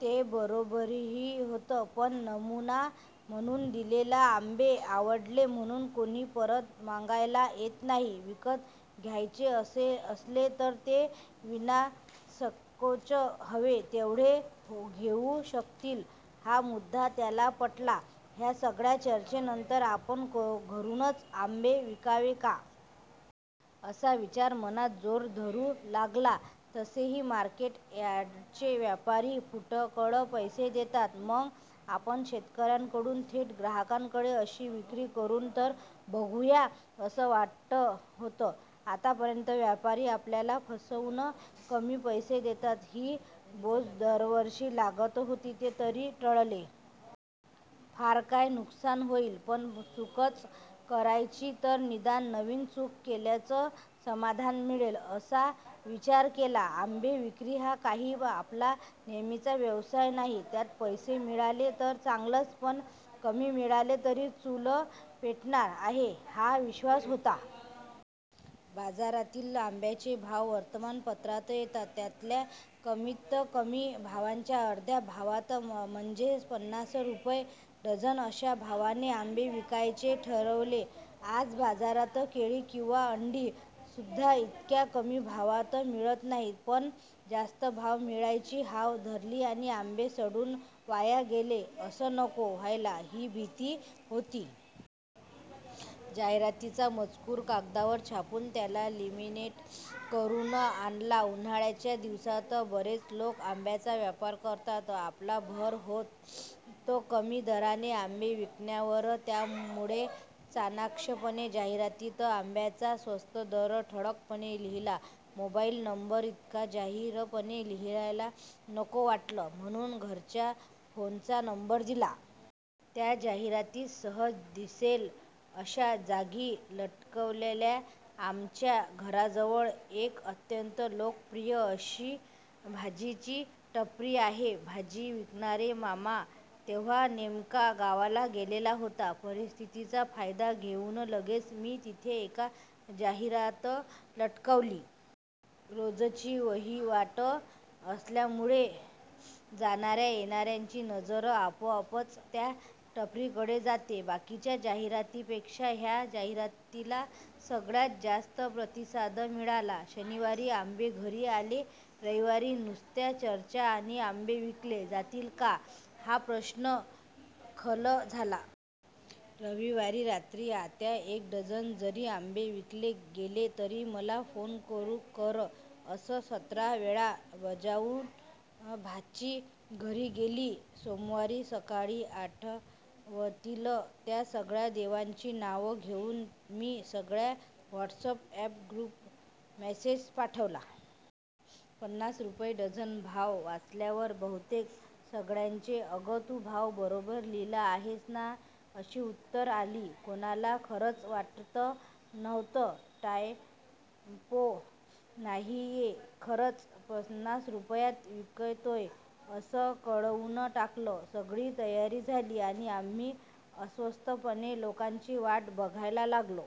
ते बरोबरही होतं. पण नमुना म्हणून दिलेले आंबे आवडले म्हणून कोणी परत मागायला येत नाही. विकत घ्यायचे असले, तर ते विनासंकोच हवे तेवढे घेऊ शकतील, हा मुद्दा त्याला पटला. ह्या सगळ्या चर्चेनंतर आपण घरूनच आंबे विकावे का? असा विचार मनात जोर धरू लागला. तसेही मार्केट यार्डचे व्यापारी फुटकळ पैसे देतात. मग आपण 'शेतकऱ्याकडून थेट ग्राहकांकडे' अशी विक्री करून तर बघूया, असं वाटत होतं. आतापर्यंत व्यापारी आपल्याला फसवून कमी पैसे देतात, ही बोच दरवर्षी लागत होती, ते तरी टळेल. फार काय, नुकसान होईल. पण चूकच करायची, तर निदान नवीन चूक केल्याचं समाधान मिळेल, असा विचार केला. आंबे विक्री हा काही आपला नेहमीचा व्यवसाय नाही. त्यात पैसे मिळाले तर चांगलंच पण कमी मिळाले, तरी चूल पेटणार आहे, हा विश्र्वास होता. बाजारातील आंब्यांचे भाव वर्तमानपत्रात येतात. त्यातल्या कमीतकमी भावाच्या अर्ध्या भावात म्हणजे पन्नास रुपये डझन अशा भावाने आंबे विकायचे ठरवले. आज बाजारात केळी किंवा अंडी सुद्धा इतक्या कमी भावात मिळत नाहीत. पण जास्त भाव मिळायची हाव धरली आणि आंबे सडून वाया गेले, असं नको व्हायला, ही भीती होती. जाहिरातीचा मजकूर कागदावर छापून त्याला लॅमीनेट करून आणलं. उन्हाळ्याच्या दिवसांत बरेच लोक आंब्यांचा व्यापार करतात. आपला भर होत, तो कमी दराने आंबे विकण्यावर. त्यामुळे चाणाक्षपणे जाहिरातीत आंब्यांचा स्वस्त दर ठळकपणे लिहिला. मोबाईल नंबर इतका जाहीरपणे लिहायला नको वाटलं, म्हणून घरच्या फोनचा नंबर दिला. त्या जाहिराती सहज दिसेल, अशा जागी लटकवल्या. आमच्या घराजवळ एक अत्यंत लोकप्रिय अशी भाजीची टपरी आहे. भाजी विकणारे मामा तेव्हा नेमके गावाला गेलेले होते. परिस्थितीचा फायदा घेऊन लगेच मी तिथे एक जाहिरात लटकवली. रोजची वहिवाट असल्यामुळे जाणाऱ्या-येणाऱ्यांची नजर आपोआपच त्या टपरीकडे जाते. बाकीच्या जाहिरातींपेक्षा ह्या जाहिरातीला सगळ्यात जास्त प्रतिसाद मिळाला! शनिवारी आंबे घरी आले. रविवारी नुसत्या चर्चा आणि आंबे विकले जातील का? ह्या प्रश्नांवर खल झाला. रविवारी रात्री 'आत्या, एक डझन जरी आंबे विकले गेले, तरी मला फोन कर' असं सतरा वेळा बजावून भाची घरी गेली. सोमवारी सकाळी आठवतील त्या सगळ्या देवांची नावं घेऊन मी सगळ्या व्हॉट्स अॅप ग्रुपवर मेसेज पाठवला. 'पन्नास रुपये डझन' भाव वाचल्यावर बहुतेक सगळ्यांचे 'अग, तू भाव बरोबर लिहिला आहेस ना? ' अशी उत्तरं आली! कोणाला खरंच वाटत नव्हतं. 'टायपो नाहीये. खरंच पन्नास रुपयांत विकतोय, असं कळवून टाकलं. सगळी तयारी झाली आणि आम्ही अस्वस्थपणे लोकांची वाट बघायला लागलो.